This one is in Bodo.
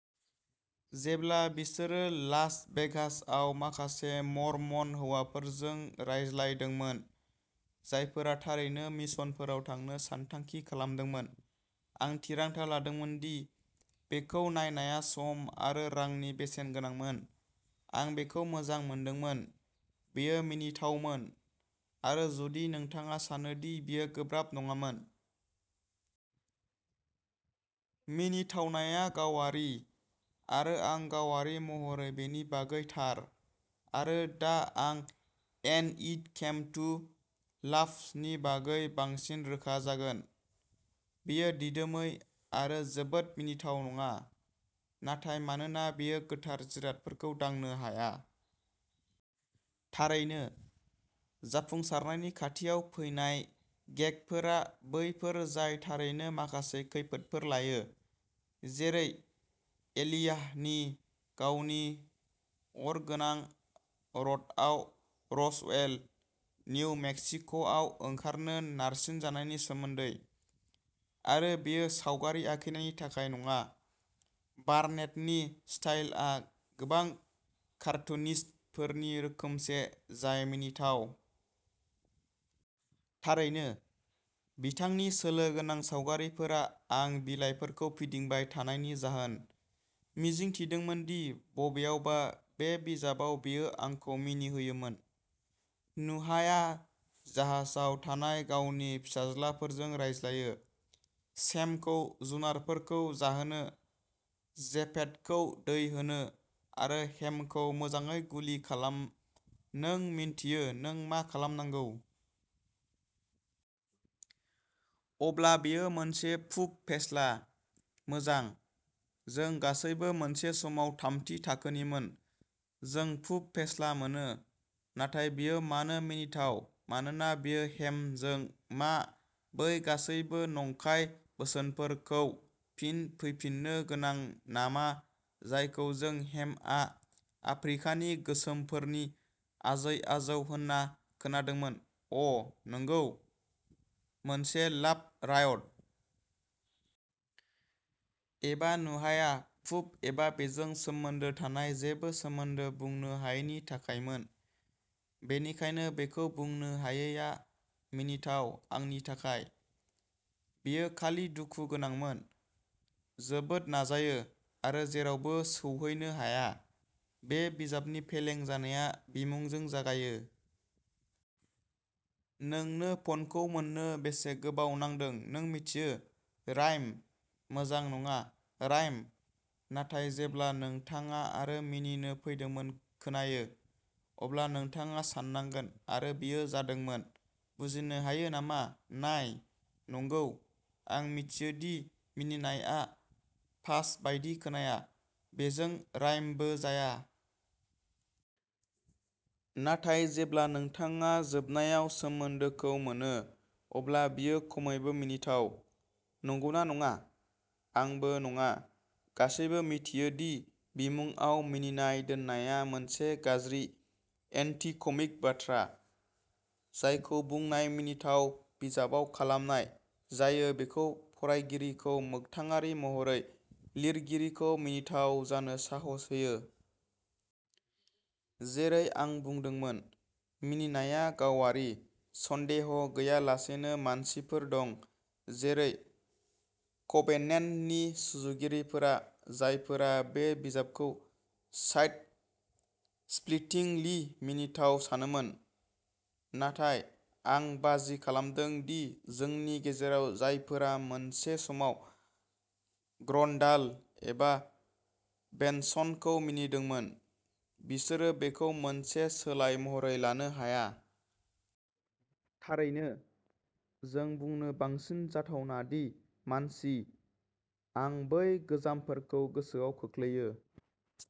जेब्ला बिसोरो लास भेगासआव माखासे मर्मन हौवाफोरजों रायज्लायदोंमोन, जायफोरा थारैनो मिशनफोराव थांनो सानथांखि खालामदोंमोन, आं थिरांथा लादोंमोन दि बेखौ नायनाया सम आरो रांनि बेसेन गोनांमोन। आं बेखौ मोजां मोनदोंमोन। बेयो मिनिथावमोन। आरो जुदि नोंथाङा सानो दि बेयो गोब्राब नङामोन। मिनिथावनाया गावारि, आरो आं गावारि महरै बेनि बागै थार। आरो दा आं एन्ड इट केम टु लाफ्सनि बागै बांसिन रोखा जागोन। बेयो दिदोमै आरो जोबोद मिनिथाव नङा। नाथाय मानोना बेयो गोथार जिरादफोरखौ दांनो हाया। थारैनो, जाफुंसारनायनि खाथियाव फैनाय गेगफोरा बैफोर जाय थारैनो माखासे खैफोदफोर लायो, जेरै एलियाहनि गावनि अरगोनां रथआव रसवेल, निउ मेक्सिक'आव ओंखारनो नारसिनजानायनि सोमोन्दै। आरो बेयो सावगारि आखिनायनि थाखाय नङा। बार्नेटनि स्टाइलआ गोबां कार्टुनिस्टफोरनि रोखोमसे जाय मिनिथाव। थारैनो, बिथांनि सोलो गोनां सावगारिफोरा आं बिलाइफोरखौ फिदिंबाय थानायनि जाहोन, मिजिं थिदोंमोन दि बबेयावबा बे बिजाबाव बियो आंखौ मिनिहोयोमोन। नुहाया जाहाजाव थानाय गावनि फिसाज्लाफोरजों रायज्लायो, शेमखौ जुनारफोरखौ जाहोनो, जेफेथखौ दै होनो, आरो हेमखौ मोजाङै गुलि खालाम नों मिन्थियो नों मा खालामनांगौ। अब्ला बेयो मोनसे पुप फेस्ला। मोजां, जों गासैबो मोनसे समाव थामथि थाखोनिमोन, जों पुप फेस्ला मोनो। नाथाय बेयो मानो मिनिथाव मानोना बेयो हेम जों मा बै गासैबो नंखाय बोसोनफोर खौ फिन फैफिननो गोनां नामा जायखौ जों हेमआ आफ्रिकानि गोसोमफोरनि आजै-आजौ होनना खोनादोंमोन अ, नंगौ, मोनसे लाफ रायट। एबा नुहाया पुप एबा बेजों सोमोन्दो थानाय जेबो सोदोब बुंनो हायैनि थाखायमोन, बेनिखायनो बेखौ बुंनो हायैआ मिनिथाव आंनि थाखाय, बेयो खालि दुखु गोनांमोन। जोबोद नाजायो, आरो जेरावबो सौहैनो हाया। बे बिजाबनि फेलें जानाया बिमुंजों जागायो। नोंनो पनखौ मोन्नो बेसे गोबाव नांदों नों मिथियो, रायम? मोजां, नङा। रायम, नाथाय जेब्ला नोंथाङा आरो मिनिनो फैदोंमोन खोनायो, अब्ला नोंथाङा साननांगोन आरो बेयो जादोंमोन। बुजिनो हायो नामा? नाय? नंगौ, आं मिथियो दि मिनिनाय आ पास बायदि खोनाया, बेजों रायमबो जाया। नाथाय जेब्ला नोंथाङा जोबनायाव सोमोन्दोखौ मोनो, अब्ला बेयो खमैबो मिनिथाव, नंगौना नङा? आंबो नङा। गासैबो मिथियो दि बिमुंआव मिनिनाय दोननाया मोनसे गाज्रि एन्टी कमिक बाथ्रा, जायखौ बुंनाय मिनिथाव बिजाबाव खालामनाय जायो बेयो फरायगिरिखौ मोगथाङारि महरै लिरगिरिखौ मिनिथाव जानो साहस होयो। जेरै आं बुंदोंमोन, मिनिनाया गावारि। सन्देह गैयालासेनो मानसिफोर दं जेरै कभेनेन्टनि सुजुगिरिफोरा जायफोरा बे बिजाबखौ साइड स्प्लिटिंलि मिनिथाव सानोमोन। नाथाय आं बाजि खालामदों दि जोंनि गेजेराव जायफोरा मोनसे समाव ग्रन्डाल एबा बेनसनखौ मिनिदोंमोन, बिसोरो बेखौ मोनसे सोलाय महरै लानो हाया। थारैनो, जों बुंनो बांसिन जाथावना दि, मानसि, आं बै गोजामफोरखौ गोसोआव खोख्लैयो।